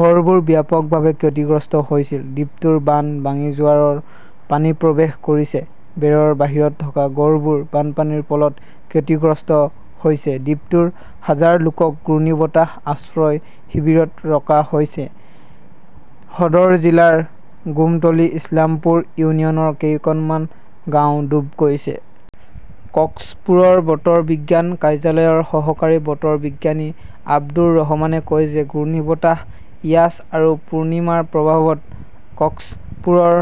ঘৰবোৰ ব্যাপকভাৱে ক্ষতিগ্ৰস্ত হৈছিল। দ্বীপটোৰ বান্ধ ভাঙি জোৱাৰৰ পানী প্ৰৱেশ কৰিছে। বেৰৰ বাহিৰত থকা ঘৰবোৰ বানপানীৰ ফলত ক্ষতিগ্ৰস্ত হৈছে। দ্বীপটোৰ হাজাৰ লোকক ঘূৰ্ণীবতাহ আশ্ৰয় শিবিৰত ৰখা হৈছে। সদৰ জিলাৰ গোমতলী ইছলামপুৰ ইউনিয়নৰ কেইকনমান গাঁও ডুব গৈছে। কক্সফুৰৰ বতৰ বিজ্ঞান কাৰ্যালয়ৰ সহকাৰী বতৰ বিজ্ঞানী আব্দুৰ ৰহমানে কয় যে ঘূৰ্ণীবতাহ ইয়াছ আৰু পূৰ্ণিমাৰ প্ৰভাৱত কক্সফুৰৰ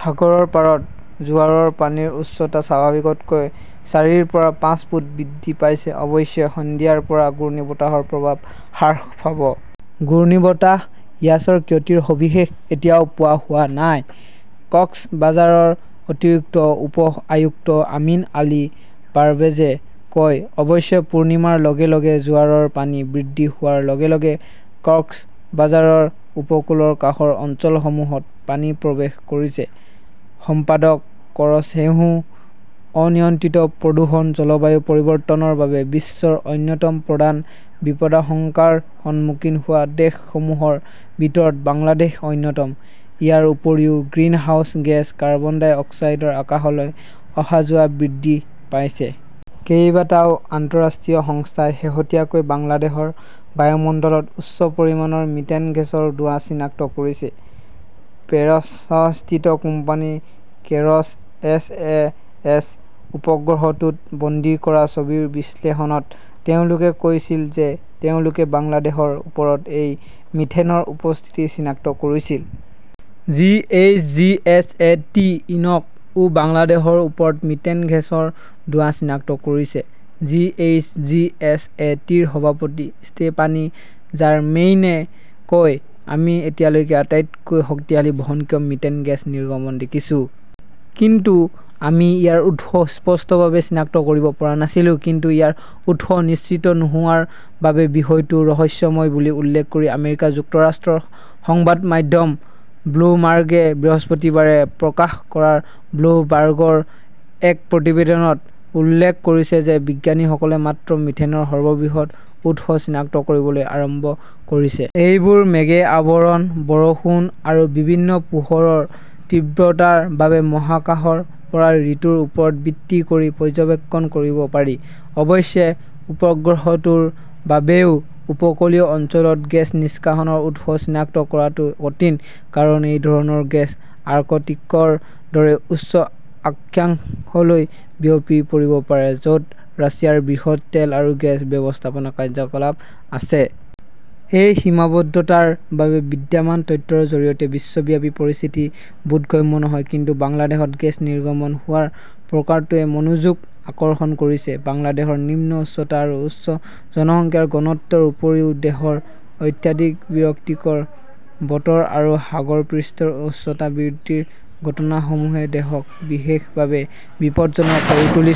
সাগৰৰ পাৰত জোৱাৰৰ পানীৰ উচ্চতা স্বাভাৱিকতকৈ চাৰিৰ পৰা পাঁচ ফুট বৃদ্ধি পাইছে। অৱশ্যে, সন্ধিয়াৰ পৰা ঘূৰ্ণীবতাহৰ প্ৰভাৱ হ্ৰাস পাব। "ঘূৰ্ণীবতাহ ইয়াছৰ ক্ষতিৰ সবিশেষ এতিয়াও পোৱা হোৱা নাই", কক্সবাজাৰৰ অতিৰিক্ত উপ-আয়ুক্ত আমিন আল পাৰ্বেজে কয়। অৱশ্যে পূৰ্ণিমাৰ লগে লগে জোৱাৰৰ পানী বৃদ্ধি হোৱাৰ লগে লগে কক্সবাজাৰৰ উপকূলৰ কাষৰ অঞ্চলসমূহত পানী প্ৰৱেশ কৰিছে। সম্পাদক কৰচেহুঃ অনিয়ন্ত্ৰিত প্ৰদূষণ জলবায়ু পৰিৱৰ্তনৰ বাবে বিশ্বৰ অন্যতম প্ৰধান বিপদাশংকাৰ সন্মুখীন হোৱা দেশসমূহৰ ভিতৰত বাংলাদেশ অন্যতম, ইয়াৰ উপৰিও গ্ৰীণহাউছ গেছ কাৰ্বন ডাই অক্সাইডৰ আকাশলৈ অহা-যোৱা বৃদ্ধি পাইছে। কেইবাটাও আন্তঃৰাষ্ট্ৰীয় সংস্থাই শেহতীয়াকৈ বাংলাদেশৰ বায়ুমণ্ডলত উচ্চ পৰিমাণৰ মিথেন গেছৰ ধোঁৱা চিনাক্ত কৰিছে। পেৰিছস্থিত company Kayrros S. A. S. উপগ্ৰহটোত বন্দী কৰা ছবিৰ বিশ্লেষণত তেওঁলোকে কৈছিল যে তেওঁলোকে বাংলাদেশৰ ওপৰত এই মিথেনৰ উপস্থিতি চিনাক্ত কৰিছিল। G. H. G. S. A. T. Inc ও বাংলাদেশৰ ওপৰত মিথেন গেছৰ ধোঁৱা চিনাক্ত কৰিছে। G. H. G. S. A. T. ৰ সভাপতি ষ্টেফানি জাৰ্মেইনে কয়, আমি এতিয়ালৈকে আটাইতকৈ শক্তিশালী বহনক্ষম মিথেন গেছ নিৰ্গমন দেখিছো। কিন্তু আমি ইয়াৰ উৎস স্পষ্টভাৱে চিনাক্ত কৰিব পৰা নাছিলো। কিন্তু ইয়াৰ উৎস নিশ্চিত নোহোৱাৰ বাবে বিষয়টো ৰহস্যময় বুলি উল্লেখ কৰি আমেৰিকা যুক্তৰাষ্ট্ৰৰ সংবাদ মাধ্যম ব্লুমবাৰ্গে বৃহস্পতিবাৰে প্ৰকাশ কৰা ব্লুমবাৰ্গৰ এক প্ৰতিবেদনত উল্লেখ কৰিছে যে বিজ্ঞানীসকলে মাত্ৰ মিথেনৰ সৰ্ববৃহৎ উৎস চিনাক্ত কৰিবলৈ আৰম্ভ কৰিছে। এইবোৰ মেঘে আৱৰণ, বৰষুণ আৰু বিভিন্ন পোহৰৰ তীব্ৰতাৰ বাবে মহাকাশৰ পৰা ঋতুৰ ওপৰত ভিত্তি কৰি পৰ্যবেক্ষণ কৰিব পাৰি। অৱশ্যে, উপগ্ৰহটোৰ বাবেও উপকূলীয় অঞ্চলত গেছ নিষ্কাশনৰ উৎস চিনাক্ত কৰাটো কঠিন। কাৰণ এই ধৰণৰ গেছ আৰ্কটিকৰ দৰে উচ্চ অক্ষাংশলৈ বিয়পি পৰিব পাৰে; য 'ত ৰাছিয়াৰ বৃহৎ তেল আৰু গেছ ব্যৱস্থাপনা কাৰ্যকলাপ আছে। এই সীমাবদ্ধতাৰ বাবে বিদ্যমান তথ্যৰ জৰিয়তে বিশ্বব্যাপী পৰিস্থিতি বোধগম্য নহয়। কিন্তু বাংলাদেশত গেছ নিৰ্গমন হোৱাৰ প্ৰকাৰটোৱে মনোযোগ আকৰ্ষণ কৰিছে। বাংলাদেশৰ নিম্ন উচ্চতা আৰু উচ্চ জনসংখ্যাৰ ঘনত্বৰ উপৰিও দেহৰ অত্যাধিক বিৰক্তিকৰ বতৰ আৰু সাগৰ পৃষ্ঠৰ উচ্চতা বৃদ্ধিৰ ঘটনাসমূহে দেহক বিশেষভাৱে বিপদজনক কৰি তুলিছে।